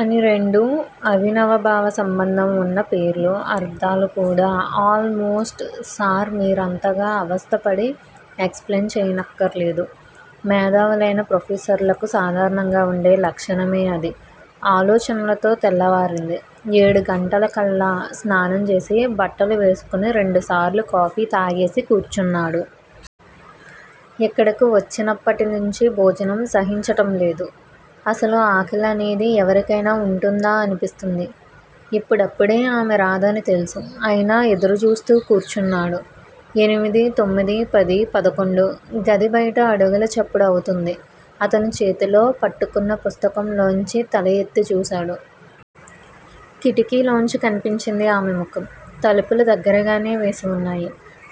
అని రెండూ అవినవభావ సంబంధం ఉన్న పేర్లు అర్థాలు కూడా ఆల్ మోస్టు సార్ మీరంతగా అవస్థ పడి ఎక్స్‌ప్లెయిన్ చెయ్యనక్కరలేదు. మేధావులైన ప్రొఫెసర్లకు సాధారణంగా ఉండే లక్షణమే అది. ఆలోచనలతో తెల్లవారింది. ఏడుగంటలకల్లా స్నానం చేసి బట్టలు వేసుకొని రెండుసార్లు కాఫీ తాగేసి కూర్చున్నాడు. ఇక్కడకు వచ్చినప్పటినుంచీ భోజనం సహించటం లేదు. అసలు ఆకలి అనేది ఎవరికైనా ఉంటుందా అనిపిస్తోంది. ఇప్పుడప్పుడే ఆమె రాదని తెలుసు. అయినా ఎదురుచూస్తూ కూర్చున్నాడు. ఎనిమిది తొమ్మిది పది పదకొండు గది బయట అడుగుల చప్పుడు అవుతోంది. అతను చేతిలో పట్టుకొన్న పుస్తకంలోంచి తల ఎత్తి చూశాడు. కిటికీలోంచి కనిపించింది ఆమె ముఖం. తలుపులు దగ్గరగానే వేసివున్నాయి.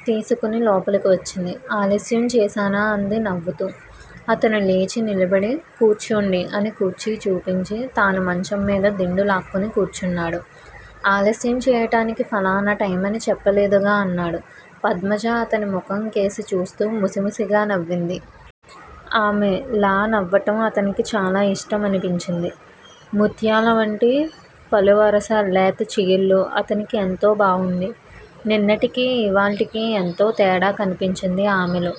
తీసుకుని లోపలకు వచ్చింది. ఆలస్యం చేశానా అంది నవ్వుతూ. అతను లేచి నిలబడి కూర్చోండి అని కుర్చీ చూపించి తాను మంచంమీద దిండు లాక్కుని కూర్చున్నాడు. ఆలస్యం చేయటానికి ఫలానా టైమని చెప్పలేదుగా అన్నాడు. పద్మజ అతని ముఖంకేసి చూస్తూ ముసిముసిగా నవ్వింది. ఆమె లా నవ్వటం అతనికి చాలా ఇష్టమనిపించింది. ముత్యాలవంటి పలువరసా లేత చిగుళ్ళూ అతనికి ఎంతో బావుంది. నిన్నటికీ ఇవాల్టికీ ఎంతో తేడా కనిపించింది ఆమెలో.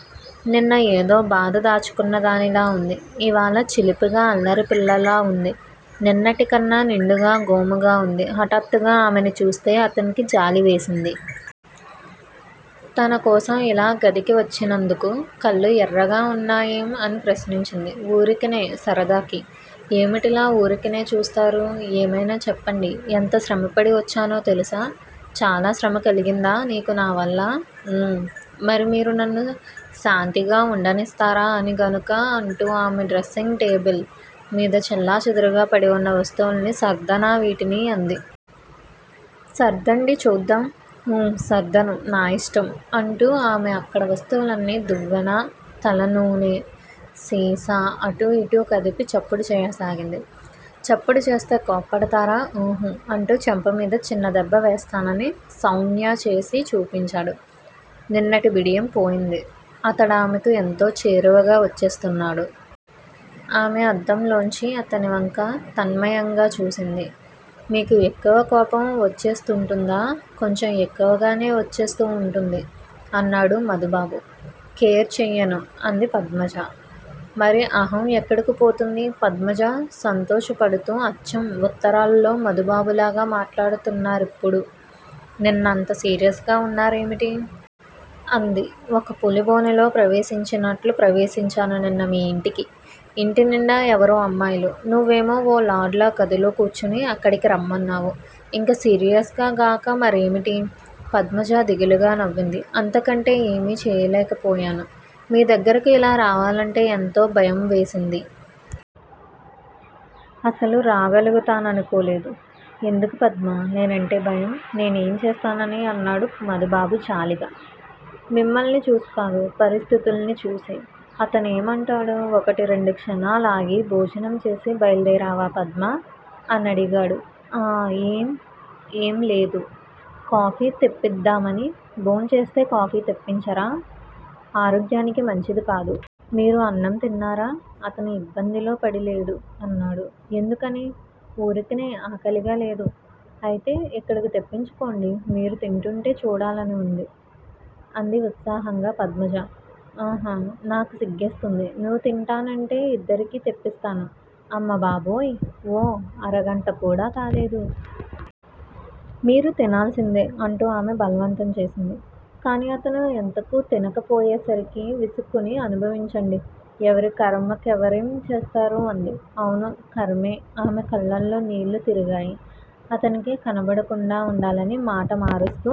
నిన్న ఏదో బాధ దాచుకున్నదానిలా ఉంది. ఇవాళ చిలిపిగా అల్లరిపిల్లలా ఉంది. నిన్నటికన్నా నిండుగా గోముగా ఉంది. హఠాత్తుగా ఆమెని చూస్తే అతనికి జాలివేసింది. తనకోసం ఇలా గదికి వచ్చినందుకు. కళ్ళు ఎర్రగా ఉన్నాయేం? అని ప్రశ్నించింది. ఊరికినే సరదాకి. ఏమిటలా ఊరికినే చూస్తారు? ఏమైనా చెప్పండి. ఎంత శ్రమపడి వచ్చానో తెలుసా? చాలా శ్రమ కలిగిందా నీకు నావల్ల? ఊ. మరి మీరు నన్ను శాంతిగా ఉండనిస్తారని గనుకనా అంటూ ఆమె డ్రెస్సింగ్ టేబిల్ మీద చెల్లాచెదురుగా పడివున్న వస్తువుల్ని సర్దనా వీటిని అంది. సర్దండి చూద్దాం. ఊఁ సర్దను. నా ఇష్టం! అంటూ ఆమె అక్కడ వస్తువులన్నీ దువ్వెన తలనూనె సీసా అటూ ఇటూ కదిపి చప్పుడు చెయ్యసాగింది. చప్పుడు చేస్తే కోప్పడతారా? ఉహుఁ అంటూ చెంపమీద చిన్నదెబ్బ వేస్తానని సౌంజ్ఞ చేసి చూపించాడు. నిన్నటి బిడియం పోయింది. అతడామెకు ఎంతో చేరువగా వచ్చేస్తున్నాడు. ఆమె అద్దంలోంచి అతనివంక తన్మయంగా చూసింది. మీకు ఎక్కువ కోపం వచ్చేస్తూంటుందా? కొంచెం ఎక్కువగానే వచ్చేస్తూ వుంటుంది. అన్నాడు మధుబాబు. కేర్ చెయ్యను అంది పద్మజ. మరి అహం ఎక్కడకు పోతుంది? పద్మజ సంతోషపడుతూ అచ్చం ఉత్తరాల్లో మధుబాబులాగా మాట్లాడుతున్నారిప్పుడు. నిన్న అంత సీరియస్‌గా వున్నారేమిటి? అంది. ఒక పులిబోనులో ప్రవేశించినట్లు ప్రవేశించాను నిన్న మీయింటికి. యింటినిండా ఎవరో అమ్మాయిలు! నువ్వేమో ఓ లార్డ్ లా గదిలో కూర్చుని అక్కడికి రమ్మన్నావు. ఇంక సీరియస్‌గా గాక మరేమిటి? పద్మజ దిగులుగా నవ్వింది. అంతకంటే ఏమీ చేయలేకపోయాను. మీ దగ్గరకు ఇలా రావాలంటే ఎంతో భయంవేసింది. అసలు రాగలుగుతాననుకోలేదు. ఎందుకు పద్మా నేనంటే భయం నేనేం చేస్తానని అన్నాడు మధుబాబు జాలిగా. మిమ్మల్ని చూసికాదు పరిస్థితుల్ని చూసి. అతనేమంటాడు ఒకటి రెండు క్షణాలాగి భోజనం చేసి బయల్దేరావా పద్మా? అనడిగాడు. ఆఁ ఏం? ఏంలేదు. కాఫీ తెప్పిద్దామని. భోంచేస్తే కాఫీ తెప్పించరా? ఆరోగ్యానికి మంచిది కాదు. మీరు అన్నం తిన్నారా? అతను ఇబ్బందిలో పడి లేడు అన్నాడు. ఎందుకనీ? ఊరికినే ఆకలిగా లేదు. అయితే ఇక్కడకు తెప్పించుకోండి. మీరు తింటూంటే చూడాలనివుంది. అంది ఉత్సాహంగా పద్మజ. అహఁ నాకు సిగ్గేస్తుంది. నువ్వు తింటానంటే ఇద్దరికీ తెప్పిస్తాను. అమ్మ బాబోయ్! ఓ అరగంటకూడా కాలేదు. మీరు తినాల్సిందే అంటూ ఆమె బలవంతంచేసింది. కాని అతను ఎంతకూ తినకపోయేసరికి విసుక్కుని అనుభవించండి. ఎవరి ఖర్మకెవరేం చేస్తారు అంది. అవును ఖర్మే. ఆమె కళ్ళలో నీళ్ళు తిరిగాయి. అతనికి కనబడకుండా ఉండాలని మాట మారుస్తూ